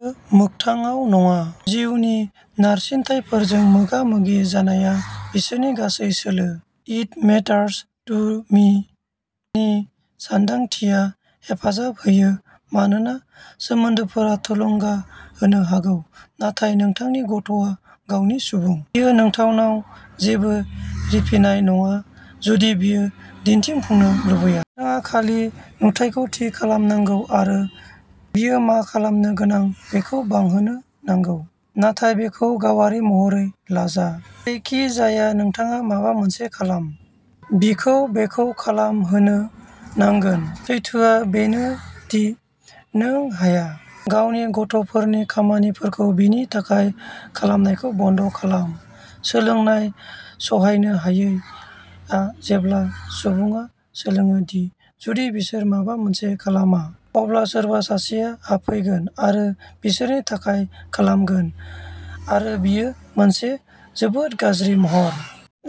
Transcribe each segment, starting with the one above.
बेयो मोगथाङाव नङा, जिउनि नारसिनथायफोरजों मोगा-मोगि जानाया बिसोरनि गासै सोलो। "इट मेटार्स टु मि" नि सानदांथिया हेफाजाब होयो मानोना सोमोन्दोफोरा थुलुंगा होनो हागौ, नाथाय नोंथांनि गथ'आ गावनि सुबुं। बेयो नोंथांनाव जेबो रिफिनाय नङा जुदि बियो दिन्थिफुंनो लुबैया। नोंथाङा खालि नुथायखौ थि खालामनांगौ आरो बियो मा खालामनो गोनां बेखौ बांहोनो नांगौ। नाथाय बेखौ गावारि महरै लाजा, जेरैखिजाया नोंथाङा माबा मोनसे खालाम। बिखौ बेखौ खालामहोनो नांगोन। सैथोआ बेनो दि, नों हाया। गावनि गथ'फोरनि खामानिफोरखौ बिनि थाखाय खालामनायखौ बन्द खालामः "सोलोंनाय सहायनो हायै" आ जेब्ला सुबुंफोरा सोलोङो दि जुदि बिसोर माबा मोनसे खालामा, अब्ला सोरबा सासेआ हाबफैगोन आरो बिसोरनि थाखाय खालामगोन-आरो बेयो मोनसे जोबोद गाज्रि महर।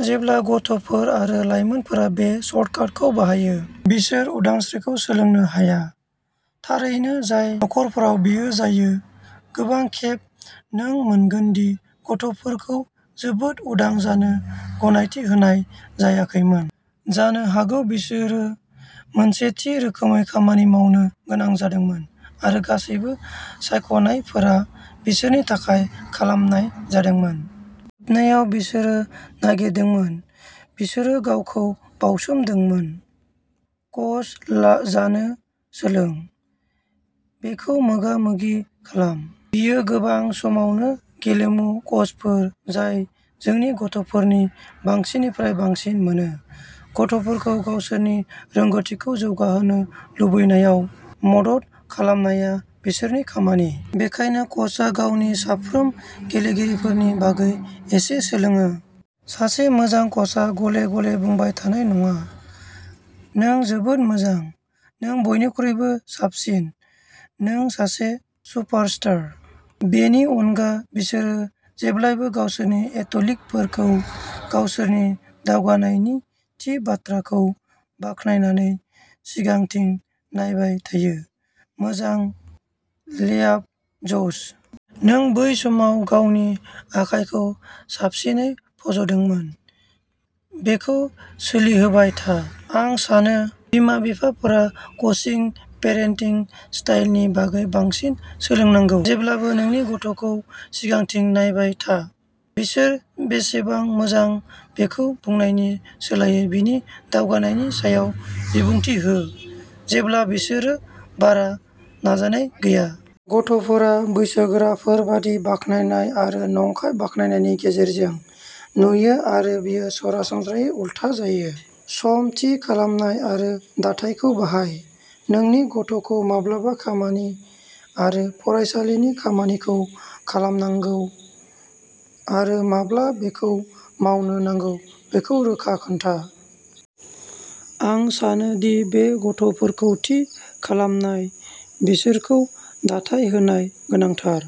जेब्ला गथ'फोर आरो लायमोनफोरा बे सर्टकाटखौ बाहायो, बिसोर उदांस्रिखौ सोलोंनो हाया। थारैनो, जाय नखरफोराव बेयो जायो, गोबां खेब नों मोनगोन दि गथ'फोरखौ जोबोद उदां जानो गनायथि होनाय जायाखैमोन। जानो हागौ बिसोरो मोनसे थि रोखोमै खामानि मावनो गोनां जादोंमोन आरो गासैबो सायख'नायफोरा बिसोरनि थाखाय खालामनाय जादोंमोन। जोबनायाव, बिसोरो नागारदोंमोन; बिसोरो गावखौ बावसोमदोंमोन। कच जानो सोलोंः बेखौ मोगामोगि खालामः बेयो गोबां समावनो गेलेमु कचफोर जाय जोंनि गथ'फोरनि बांसिननिफ्राय बांसिन मोनो। गथ'फोरखौ गावसोरनि रोंग'थिखौ जौगाहोनो लुबैनायाव मदद खालामनाया बिसोरनि खामानि। बेनिखायनो कचआ गावनि साफ्रोम गेलेगिरिफोरनि बागै एसे सोलोङो। सासे मोजां कचआ गले-गले बुंबाय थानाय नङा,। "नों जोबोद मोजां, नों बयनिख्रुइबो साबसिन, नों सासे सुपारस्टार! " बेनि अनगा, बिसोरो जेब्लाबो गावसोरनि एथलीटफोरखौ गावसोरनि दावगानायनि थि बाथ्राफोरखौ बाख्नायनानै सिगांथिं नायबाय थायोः "मोजां लेआप, जश। नों बै समाव गावनि आखाइखौ साबसिनै फज'दोंमोन। बेखौ सोलिहोबाय था। " आं सानो बिमा-बिफाफोरा क'चिं पेरेन्टिं स्टाइलनि बागै बांसिन सोलोंनांगौ। जेब्लाबो नोंनि गथ'खौ सिगांथिं नायबाय था। बिसोर बेसेबां मोजां बेखौ बुंनायनि सोलायै बिनि दावगानायनि सायाव बिबुंथि हो, जेब्ला बिसोरो बारा नाजानाय गैया। गथ'फोरा बैसोगोराफोर बायदि बाख्नायनाय आरो नंखाय बाख्नायनायनि गेजेरजों नुयो-आरो बेयो सरासनस्रायै उलथा जायो। सम थि खालाम आरो दाथायखौ बाहायः नोंनि गथ'खौ माब्ला खामानि आरो फरायसालिनि खामानिखौ खालामनांगौ आरो माब्ला बेखौ मावनो नांगौ बेखौ रोखा खोन्था। आं सानो दि बे गथ'फोरखौ थि खालमनाय, बिसोरखौ दाथाय होनाय गोनांथार।